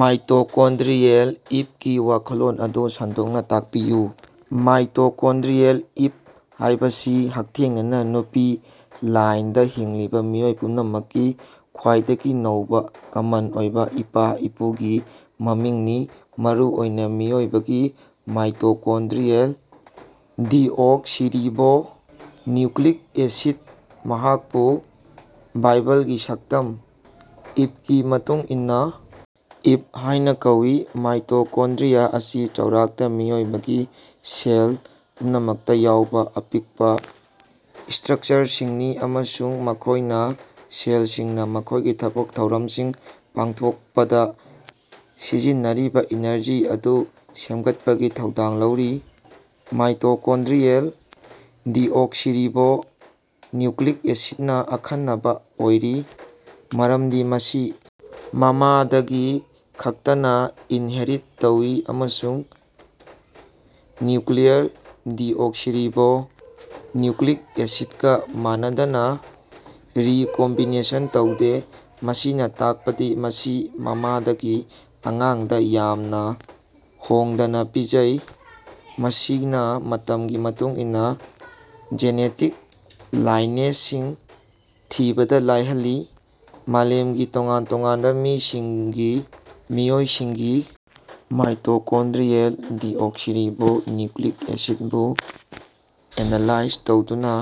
Mitochondrial ꯏꯞꯀꯤ ꯋꯥꯈꯜꯂꯣꯟ ꯑꯗꯨ ꯁꯟꯗꯣꯛꯅꯥ ꯇꯥꯛꯄꯤꯌꯨ꯫ ꯃꯥꯏꯇꯣꯀꯣꯟꯗ꯭ꯔꯤꯑꯦꯜ ꯏꯞ ꯍꯥꯏꯕꯁꯤ ꯍꯛꯊꯦꯡꯅꯅꯥ ꯅꯨꯄꯤ ꯂꯥꯏꯟꯗꯥ ꯍꯤꯡꯂꯤꯕꯥ ꯃꯤꯑꯣꯏ ꯄꯨꯝꯅꯃꯛꯀꯤ ꯈ꯭ꯋꯥꯏꯗꯒꯤ ꯅꯧꯕꯥ ꯀꯃꯟ ꯑꯣꯏꯕꯥ ꯏꯄꯥ-ꯏꯄꯨꯒꯤ ꯃꯃꯤꯡꯅꯤ, ꯃꯔꯨꯑꯣꯏꯅꯥ ꯃꯤꯑꯣꯏꯕꯒꯤ ꯃꯥꯏꯇꯣꯀꯣꯟꯗ꯭ꯔꯤꯑꯦꯜ ꯗꯤꯑꯣꯛꯁꯤꯔꯤꯕꯣ ꯅꯤꯎꯀ꯭ꯂꯤꯛ ꯑꯦꯁꯤꯠ ꯃꯍꯥꯛꯄꯨ ꯕꯥꯏꯕꯜꯒꯤ ꯁꯛꯇꯝ ꯏꯞꯒꯤ ꯃꯇꯨꯡ ꯏꯟꯅꯥ "ꯏꯞ" ꯍꯥꯏꯅꯥ ꯀꯧꯏ꯫ ꯃꯥꯏꯇꯣꯀꯣꯟꯗ꯭ꯔꯤꯌꯥ ꯑꯁꯤ ꯆꯥꯎꯔꯥꯛꯅꯥ ꯃꯤꯑꯣꯏꯕꯒꯤ ꯁꯦꯜ ꯄꯨꯝꯅꯃꯛꯇꯥ ꯌꯥꯎꯕꯥ ꯑꯄꯤꯛꯄꯥ ꯏꯁꯇ꯭ꯔꯛꯆꯔꯁꯤꯡꯅꯤ ꯑꯃꯁꯨꯡ ꯃꯈꯣꯏꯅꯥ ꯁꯦꯜꯁꯤꯡꯅꯥ ꯃꯈꯣꯏꯒꯤ ꯊꯕꯛ ꯊꯧꯔꯝꯁꯤꯡ ꯄꯥꯡꯊꯣꯛꯄꯗꯥ ꯁꯤꯖꯤꯟꯅꯔꯤꯕꯥ ꯏꯅꯔꯖꯤ ꯑꯗꯨ ꯁꯦꯝꯒꯠꯄꯒꯤ ꯊꯧꯗꯥꯡ ꯂꯧꯔꯤ꯫ ꯃꯥꯏꯇꯣꯀꯣꯟꯗ꯭ꯔꯤꯑꯦꯜ ꯗꯤꯑꯣꯛꯁꯤꯔꯤꯕꯣ ꯅꯤꯎꯀ꯭ꯂꯤꯛ ꯑꯦꯁꯤꯠꯅꯥ ꯑꯈꯟꯅꯕꯥ ꯑꯣꯏꯔꯤ ꯃꯔꯝꯗꯤ ꯃꯁꯤ ꯃꯃꯥꯗꯒꯤ ꯈꯛꯇꯅꯥ ꯏꯟꯍꯦꯔꯤꯠ ꯇꯧꯏ ꯑꯃꯁꯨꯡ ꯅ꯭ꯌꯨꯀ꯭ꯂꯤꯌꯔ ꯗꯤꯑꯣꯛꯁꯤꯔꯤꯕꯣ ꯅꯤꯎꯀ꯭ꯂꯤꯛ ꯑꯦꯁꯤꯠꯒꯥ ꯃꯥꯟꯅꯗꯅꯥ, ꯔꯤꯀꯣꯝꯕꯤꯅꯦꯁꯟ ꯇꯧꯗꯦ꯫ ꯃꯁꯤꯅꯥ ꯇꯥꯛꯄꯗꯤ ꯃꯁꯤ ꯃꯃꯥꯗꯒꯤ ꯑꯉꯥꯡꯗꯥ ꯌꯥꯝꯅꯥ ꯍꯣꯡꯗꯅꯥ ꯄꯤꯖꯩ, ꯃꯁꯤꯅꯥ ꯃꯇꯝꯒꯤ ꯃꯇꯨꯡ ꯏꯟꯅꯥ ꯖꯦꯅꯦꯇꯤꯛ ꯂꯥꯏꯅꯦꯖꯁꯤꯡ ꯊꯤꯕꯗꯥ ꯂꯥꯏꯍꯜꯂꯤ꯫ ꯃꯥꯂꯦꯝꯒꯤ ꯇꯣꯉꯥꯟ ꯇꯣꯉꯥꯟꯕꯥ ꯃꯤꯁꯤꯡꯒꯤ ꯃꯤꯑꯣꯏꯁꯤꯡꯒꯤ ꯃꯥꯏꯇꯣꯀꯣꯟꯗ꯭ꯔꯤꯑꯦꯜ ꯗꯤꯑꯣꯛꯁꯤꯔꯤꯕꯣ ꯅꯤꯎꯀ꯭ꯂꯤꯛ ꯑꯦꯁꯤꯠꯕꯨ ꯑꯦꯅꯥꯂꯥꯏꯖ ꯇꯧꯗꯨꯅꯥ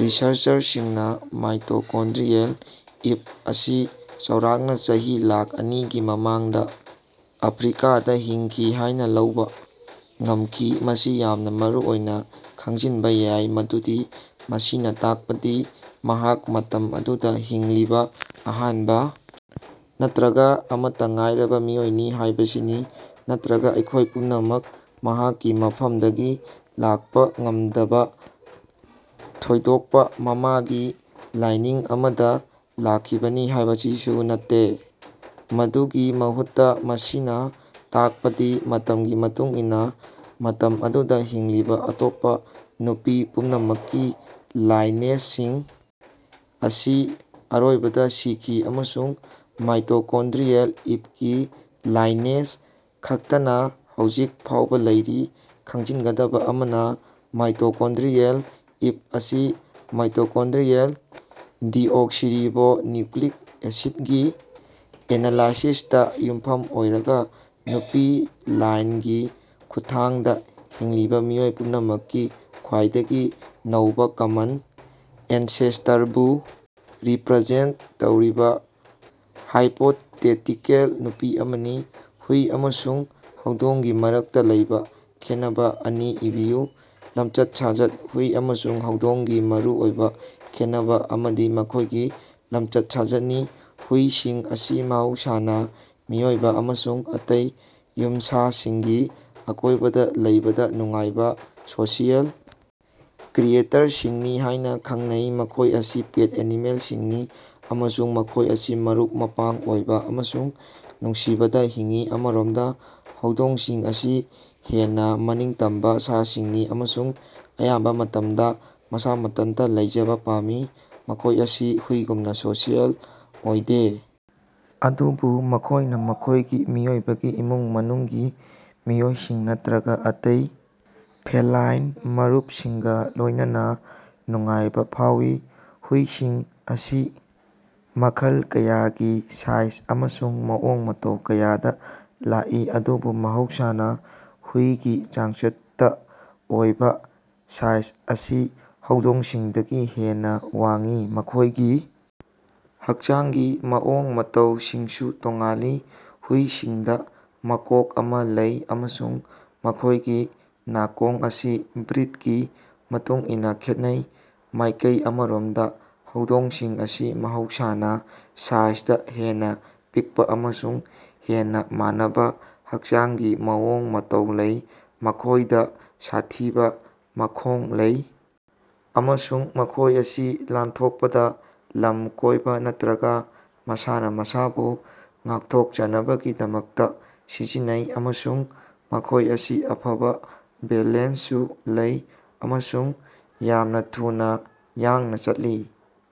ꯔꯤꯁꯔꯆꯔꯁꯤꯡꯅꯥ ꯃꯥꯏꯇꯣꯀꯣꯟꯗ꯭ꯔꯤꯑꯦꯜ ꯏꯞ ꯑꯁꯤ ꯆꯥꯎꯔꯥꯛꯅꯥ ꯆꯍꯤ ꯂꯥꯛ ꯑꯅꯤꯒꯤ ꯃꯃꯥꯡꯗꯥ, ꯑꯐ꯭ꯔꯤꯀꯥꯗꯥ ꯍꯤꯡꯈꯤ ꯍꯥꯏꯅꯥ ꯂꯧꯕꯥ ꯉꯝꯈꯤ꯫ ꯃꯁꯤ ꯌꯥꯝꯅꯥ ꯃꯔꯨꯑꯣꯏꯅꯥ ꯈꯪꯖꯤꯟꯕꯥ ꯌꯥꯏ ꯃꯗꯨꯗꯤ ꯃꯁꯤꯅꯥ ꯇꯥꯛꯄꯗꯤ ꯃꯍꯥꯛ ꯃꯇꯝ ꯑꯗꯨꯗꯥ ꯍꯤꯡꯂꯤꯕꯥ ꯑꯍꯥꯟꯕꯥ ꯅꯠꯇ꯭ꯔꯒꯥ ꯑꯃꯠꯇꯥ ꯉꯥꯏꯔꯕꯥ ꯃꯤꯑꯣꯏꯅꯤ ꯍꯥꯏꯕꯁꯤꯅꯤ, ꯅꯠꯇ꯭ꯔꯒꯥ ꯑꯩꯈꯣꯏ ꯄꯨꯝꯅꯃꯛ ꯃꯍꯥꯛꯀꯤ ꯃꯐꯝꯗꯒꯤ ꯂꯥꯛꯄꯥ ꯉꯝꯗꯕꯥ, ꯊꯣꯏꯗꯣꯛꯄꯥ ꯃꯃꯥꯒꯤ ꯂꯥꯏꯅꯤꯡ ꯑꯃꯗꯥ ꯂꯥꯛꯈꯤꯕꯅꯤ ꯍꯥꯏꯕꯁꯤꯁꯨ ꯅꯠꯇꯦ꯫ ꯃꯗꯨꯒꯤ ꯃꯍꯨꯠꯇꯥ, ꯃꯁꯤꯅꯥ ꯇꯥꯛꯄꯗꯤ ꯃꯇꯝꯒꯤ ꯃꯇꯨꯡ ꯏꯟꯅꯥ ꯃꯇꯝ ꯑꯗꯨꯗꯥ ꯍꯤꯡꯂꯤꯕꯥ ꯑꯇꯣꯞꯄꯥ ꯅꯨꯄꯤ ꯄꯨꯝꯅꯃꯛꯀꯤ ꯂꯥꯏꯅꯦꯖꯁꯤꯡ ꯑꯁꯤ ꯑꯔꯣꯏꯕꯗꯥ ꯁꯤꯈꯤ ꯑꯃꯁꯨꯡ ꯃꯥꯏꯇꯣꯀꯣꯟꯗ꯭ꯔꯤꯑꯦꯜ ꯏꯞꯒꯤ ꯂꯥꯏꯅꯦꯖ ꯈꯛꯇꯅꯥ ꯍꯧꯖꯤꯛ ꯐꯥꯎꯕꯥ ꯂꯩꯔꯤ꯫ ꯈꯪꯖꯤꯟꯒꯗꯕꯥ ꯑꯃꯅꯥ, ꯃꯥꯏꯇꯣꯀꯣꯟꯗ꯭ꯔꯤꯑꯦꯜ ꯏꯞ ꯑꯁꯤ ꯃꯥꯏꯇꯣꯀꯣꯟꯗ꯭ꯔꯤꯑꯦꯜ ꯗꯤꯑꯣꯛꯁꯤꯔꯤꯕꯣ ꯅꯤꯎꯀ꯭ꯂꯤꯛ ꯑꯦꯁꯤꯠꯒꯤ ꯑꯦꯅꯥꯂꯥꯏꯁꯤꯁꯇꯥ ꯌꯨꯝꯐꯝ ꯑꯣꯏꯔꯒꯥ, ꯅꯨꯄꯤ ꯂꯥꯏꯟꯒꯤ ꯈꯨꯠꯊꯥꯡꯗꯥ ꯍꯤꯡꯂꯤꯕꯥ ꯃꯤꯑꯣꯏ ꯄꯨꯝꯅꯃꯛꯀꯤ ꯈ꯭ꯋꯥꯏꯗꯒꯤ ꯅꯧꯕꯥ ꯀꯃꯟ ꯑꯦꯟꯁꯦꯁꯇꯔꯕꯨ ꯔꯤꯄ꯭ꯔꯖꯦꯟꯇ ꯇꯧꯔꯤꯕꯥ ꯍꯥꯏꯄꯣꯇꯦꯇꯤꯀꯜ ꯅꯨꯄꯤ ꯑꯃꯅꯤ꯫ ꯍꯨꯏ ꯑꯃꯁꯨꯡ ꯍꯧꯗꯣꯡꯒꯤ ꯃꯔꯛꯇꯥ ꯂꯩꯕꯥ ꯈꯦꯠꯅꯕꯥ ꯑꯅꯤ ꯏꯕꯤꯌꯨ꯫ ꯂꯝꯆꯠ-ꯁꯥꯖꯠ: ꯍꯨꯏ ꯑꯃꯁꯨꯡ ꯍꯧꯗꯣꯡꯒꯤ ꯃꯔꯨꯑꯣꯏꯕꯥ ꯈꯦꯠꯅꯕꯥ ꯑꯃꯗꯤ ꯃꯈꯣꯏꯒꯤ ꯂꯝꯆꯠ-ꯁꯥꯖꯠꯅꯤ꯫ ꯍꯨꯏꯁꯤꯡ ꯑꯁꯤ ꯃꯍꯧꯁꯥꯅꯥ ꯃꯤꯑꯣꯏꯕꯥ ꯑꯃꯁꯨꯡ ꯑꯇꯩ ꯌꯨꯝꯁꯥꯁꯤꯡꯒꯤ ꯑꯀꯣꯏꯕꯗꯥ ꯂꯩꯕꯗꯥ ꯅꯨꯡꯉꯥꯏꯕꯥ ꯁꯣꯁꯤꯑꯦꯜ ꯀ꯭ꯔꯤꯌꯦꯇꯔꯁꯤꯡꯅꯤ ꯍꯥꯏꯅꯥ ꯈꯪꯅꯩ꯫ ꯃꯈꯣꯏ ꯑꯁꯤ ꯄꯦꯠ ꯑꯦꯅꯤꯃꯦꯜꯁꯤꯡꯅꯤ ꯑꯃꯁꯨꯡ ꯃꯈꯣꯏ ꯑꯁꯤ ꯃꯔꯨꯞ-ꯃꯄꯥꯡ ꯑꯣꯏꯕꯥ ꯑꯃꯁꯨꯡ ꯅꯨꯡꯁꯤꯕꯗꯥ ꯍꯤꯡꯏ꯫ ꯑꯃꯔꯣꯝꯗꯥ, ꯍꯧꯗꯣꯡꯁꯤꯡ ꯑꯁꯤ ꯍꯦꯟꯅꯥ ꯃꯅꯤꯡꯇꯝꯕꯥ ꯁꯥꯁꯤꯡꯅꯤ ꯑꯃꯁꯨꯡ ꯑꯌꯥꯝꯕꯥ ꯃꯇꯝꯗꯥ ꯃꯁꯥ ꯃꯊꯟꯇꯥ ꯂꯩꯖꯕꯥ ꯄꯥꯝꯃꯤ꯫ ꯃꯈꯣꯏ ꯑꯁꯤ ꯍꯨꯏꯒꯨꯝꯅꯥ ꯁꯣꯁꯤꯑꯦꯜ ꯑꯣꯏꯗꯦ ꯑꯗꯨꯕꯨ ꯃꯈꯣꯏꯅꯥ ꯃꯈꯣꯏꯒꯤ ꯃꯤꯑꯣꯏꯕꯒꯤ ꯏꯃꯨꯡ-ꯃꯅꯨꯡꯒꯤ ꯃꯤꯑꯣꯏꯁꯤꯡ ꯅꯠꯇ꯭ꯔꯒꯥ ꯑꯇꯩ ꯐꯦꯂꯥꯏꯟ ꯃꯔꯨꯞꯁꯤꯡꯒꯥ ꯂꯣꯏꯅꯅꯥ ꯅꯨꯡꯉꯥꯏꯕꯥ ꯐꯥꯎꯏ꯫ ꯍꯨꯏꯁꯤꯡ ꯑꯁꯤ ꯃꯈꯜ ꯀꯌꯥꯒꯤ, ꯁꯥꯏꯖ ꯑꯃꯁꯨꯡ ꯃꯑꯣꯡ-ꯃꯇꯧ ꯀꯌꯥꯗꯥ ꯂꯥꯛꯏ, ꯑꯗꯨꯕꯨ ꯃꯍꯧꯁꯥꯅꯥ, ꯍꯨꯏꯒꯤ ꯆꯥꯡꯆꯠꯇꯥ ꯑꯣꯏꯕꯥ ꯁꯥꯏꯖ ꯑꯁꯤ ꯍꯧꯗꯣꯡꯁꯤꯡꯗꯒꯤ ꯍꯦꯟꯅꯥ ꯋꯥꯡꯏ꯫ ꯃꯈꯣꯏꯒꯤ ꯍꯛꯆꯥꯡꯒꯤ ꯃꯑꯣꯡ-ꯃꯇꯧꯁꯤꯡꯁꯨ ꯇꯣꯉꯥꯜꯂꯤ, ꯍꯨꯏꯁꯤꯡꯗꯥ ꯃꯀꯣꯛ ꯑꯃꯥ ꯂꯩ ꯑꯃꯁꯨꯡ ꯃꯈꯣꯏꯒꯤ ꯅꯥꯀꯣꯡ ꯑꯁꯤ ꯕ꯭ꯔꯤꯠꯀꯤ ꯃꯇꯨꯡ ꯏꯟꯅꯥ ꯈꯦꯠꯅꯩ꯫ ꯃꯥꯏꯀꯩ ꯑꯃꯔꯣꯝꯗꯥ, ꯍꯧꯗꯣꯡꯁꯤꯡ ꯑꯁꯤ ꯃꯍꯧꯁꯥꯅꯥ ꯁꯥꯏꯖꯗꯥ ꯍꯦꯟꯅꯥ ꯄꯤꯛꯄꯥ ꯑꯃꯁꯨꯡ ꯍꯦꯟꯅꯥ ꯃꯥꯟꯅꯕꯥ ꯍꯛꯆꯥꯡꯒꯤ ꯃꯑꯣꯡ-ꯃꯇꯧ ꯂꯩ꯫ ꯃꯈꯣꯏꯗꯥ ꯁꯥꯊꯤꯕꯥ ꯃꯈꯣꯡ ꯂꯩ ꯑꯃꯁꯨꯡ ꯃꯈꯣꯏ ꯑꯁꯤ ꯂꯥꯟꯊꯣꯛꯄꯗꯥ, ꯂꯝ ꯀꯣꯏꯕꯥ ꯅꯠꯇ꯭ꯔꯒꯥ ꯃꯁꯥꯅꯥ ꯃꯁꯥꯕꯨ ꯉꯥꯛꯊꯣꯛꯆꯅꯕꯒꯤꯗꯃꯛꯇꯥ ꯁꯤꯖꯤꯟꯅꯩ, ꯑꯃꯁꯨꯡ ꯃꯈꯣꯏ ꯑꯁꯤ ꯑꯐꯕꯥ ꯕꯦꯂꯦꯟꯁꯁꯨ ꯂꯩ ꯑꯃꯁꯨꯡ ꯌꯥꯝꯅꯥ ꯊꯨꯅꯥ ꯌꯥꯡꯅꯥ ꯆꯠꯂꯤ꯫